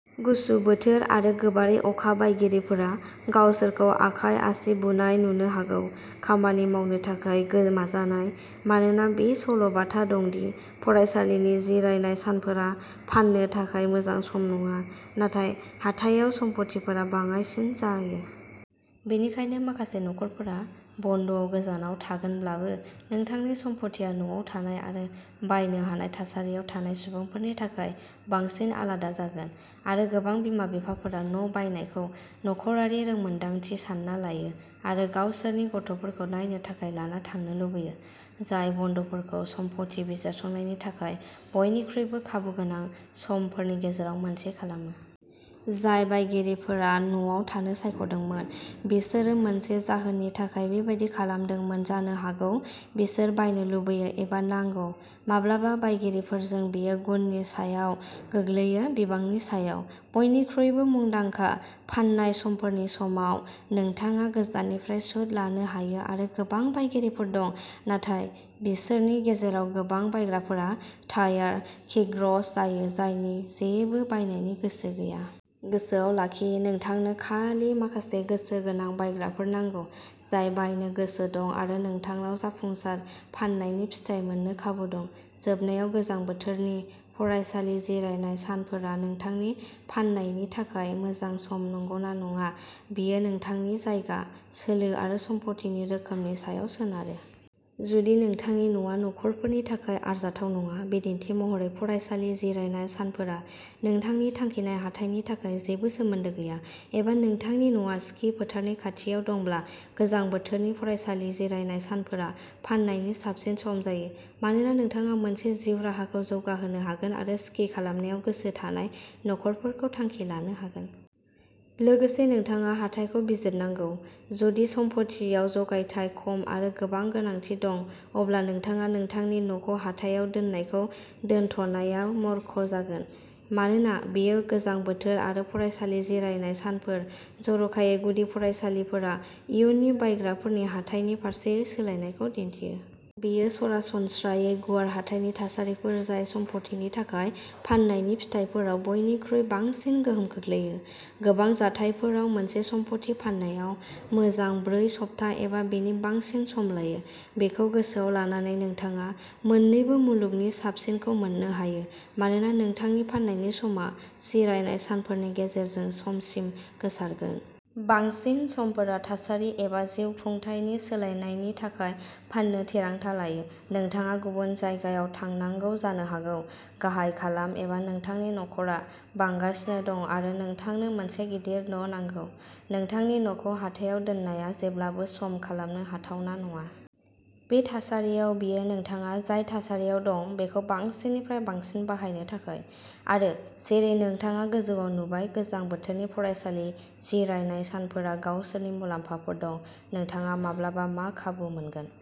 गुसु बोथोर आरो गोबारै अखा बायगिरिफोरा गावसोरखौ आखाइ आसि बुनाय नुनो हागौ, खामानि मावनो थाखाय गोमाजानाय। मानोना बे सल'-बाथा दं दि फरायसालिनि जिरायनाय सानफोरा फाननो थाखाय मोजां सम नङा, नाथाय हाथायाव सम्फथिफोरा बाङायसिन जायो। बेनिखायनो माखासे नखरफोरा बन्द'आव गोजानाव थागोनब्लाबो, नोंथांनि सम्फथिआ न'आव थानाय आरो बायनो हानाय थासारियाव थानाय सुबुंफोरनि थाखाय बांसिन आलादा जागोन। आरो गोबां बिमा-बिफाफोरा न' बायनायखौ नखरारि रोंमोनदांथि सानना लायो आरो गावसोरनि गथ'फोरखौ नायनो थाखाय लाना थांनो लुबैयो, जाय बन्द'फोरखौ सम्फथि बिजिरसंनायनि थाखाय बयनिख्रुइबो खाबुगोनां समफोरनि गेजेराव मोनसे खालामो। जाय बायगिरिफोरा न'आव थानो सायख'दोंमोन बिसोरो मोनसे जाहोननि थाखाय बेबादि खालामदोंमोन जानो हागौ-बिसोर बायनो लुबैयो एबा नांगौ। माब्लाबा बायगिरिफोरजों बेयो गुननि सायाव गोग्लैयो, बिबांनि सायाव। बयनिख्रुइबो मुंदांखा फाननाय समफोरनि समाव, नोंथाङा गोजाननिफ्राय सुद लानो हायो आरो गोबां बायग्राफोर दं, नाथाय बिसोरनि गेजेराव गोबां बायग्राफोरा टायार-किकर्स जायो, जायनि जेबो बायनायनि गोसो गैया। गोसोआव लाखि, नोंथांनो खालि माखासे गोसो गोनां बायग्राफोर नांगौ, जाय बायनो गोसो दं आरो नोंथांनाव जाफुंसार फाननायनि फिथाय मोननो खाबु दं। जोबनायाव, गोजां बोथोरनि फरायसालि जिरायनाय सानफोरा नोंथांनि फाननायनि थाखाय मोजां सम नंगौना नङा, बेयो नोंथांनि जायगा, सोलो आरो सम्पथिनि रोखोमनि सायाव सोनारो। जुदि नोंथांनि न'आ नखरफोरनि थाखाय आरजाथाव नङा, बिदिन्थि महरै, फरायसालि जिरायनाय सानफोरा नोंथांनि थांखिनाय हाथाइनि थाखाय जेबो सोमोन्दो गैया। एबा नोंथांनि न'आ स्कि फोथारनि खाथियाव दङब्ला, गोजां बोथोरनि फरायसालि जिरायनाय सानफोरा फाननायनि साबसिन सम जायो, मानोना नोंथाङा मोनसे जिउ राहाखौ जौगाहोनो हागोन आरो स्कि खालामनायाव गोसो थानाय नखरफोरखौ थांखि लानो हागोन। लोगोसे, नोंथाङा हाथाइखौ बिजिरनांगौ। जुदि सम्फथिआव जगायथाय खम आरो गोबां गोनांथि दं, अब्ला नोंथाङा नोंथांनि न'खौ हाथायाव दोननायखौ दोनथ'नाया मुरख’ जागोन। मानोना बेयो गोजां बोथोर आरो फरायसालि जिरायनाय सानफोर जर'खायै जुदि थासारिफोरा इयुननि बायग्राफोरनि हाथाइनि फारसे सोलायनायखौ दिन्थियो। बेयो सरासनस्रायै गुवार हाथाइनि थासारिफोर जाय सम्पथिनि थाखाय फाननायनि फिथाइफोराव बयनिख्रुइ बांसिन गोहोम खोख्लैयो। गोबां जाथायफोराव, मोनसे सम्पथि फाननायाव मोजां ब्रै सप्ता एबा बेनि बांसिन सम लायो। बेखौ गोसोआव लानानै, नोंथाङा मोननैबो मुलुगनि साबसिनखौ मोननो हायो, मानोना नोंथांनि फाननायनि समा जिरायनाय सानफोरनि गेजेरजों समसिम गोसारगोन। बांसिन सुबुंफोरा थासारि एबा जिउखुंथायनि सोलायनायनि थाखाय फाननो थिरांथा लायो। नोंथाङा गुबुन जायगायाव थांनांगौ जानो हागौ, गाहाय खालाम एबा नोंथांनि नखरा बांगासिनो दं आरो नोंथांनो मोनसे गिदिर न' नांगौ। नोंथांनि न'खौ हाथायाव दोननाया जेब्लाबो सम खालामनो हाथावना नङा। बे थासारियाव, बेयो नोंथाङा जाय थासारियाव दं बेखौ बांसिननिफ्राय बांसिन बाहायनो थाखाय। आरो जेरै नोंथाङा गोजौआव नुबाय गोजां बोथोरनि फरायसालि जिरायनाय सानफोरा गावसोरनि मुलाम्फाफोर दं। नोंथाङा माब्लाबा मा खाबु मोनगोन?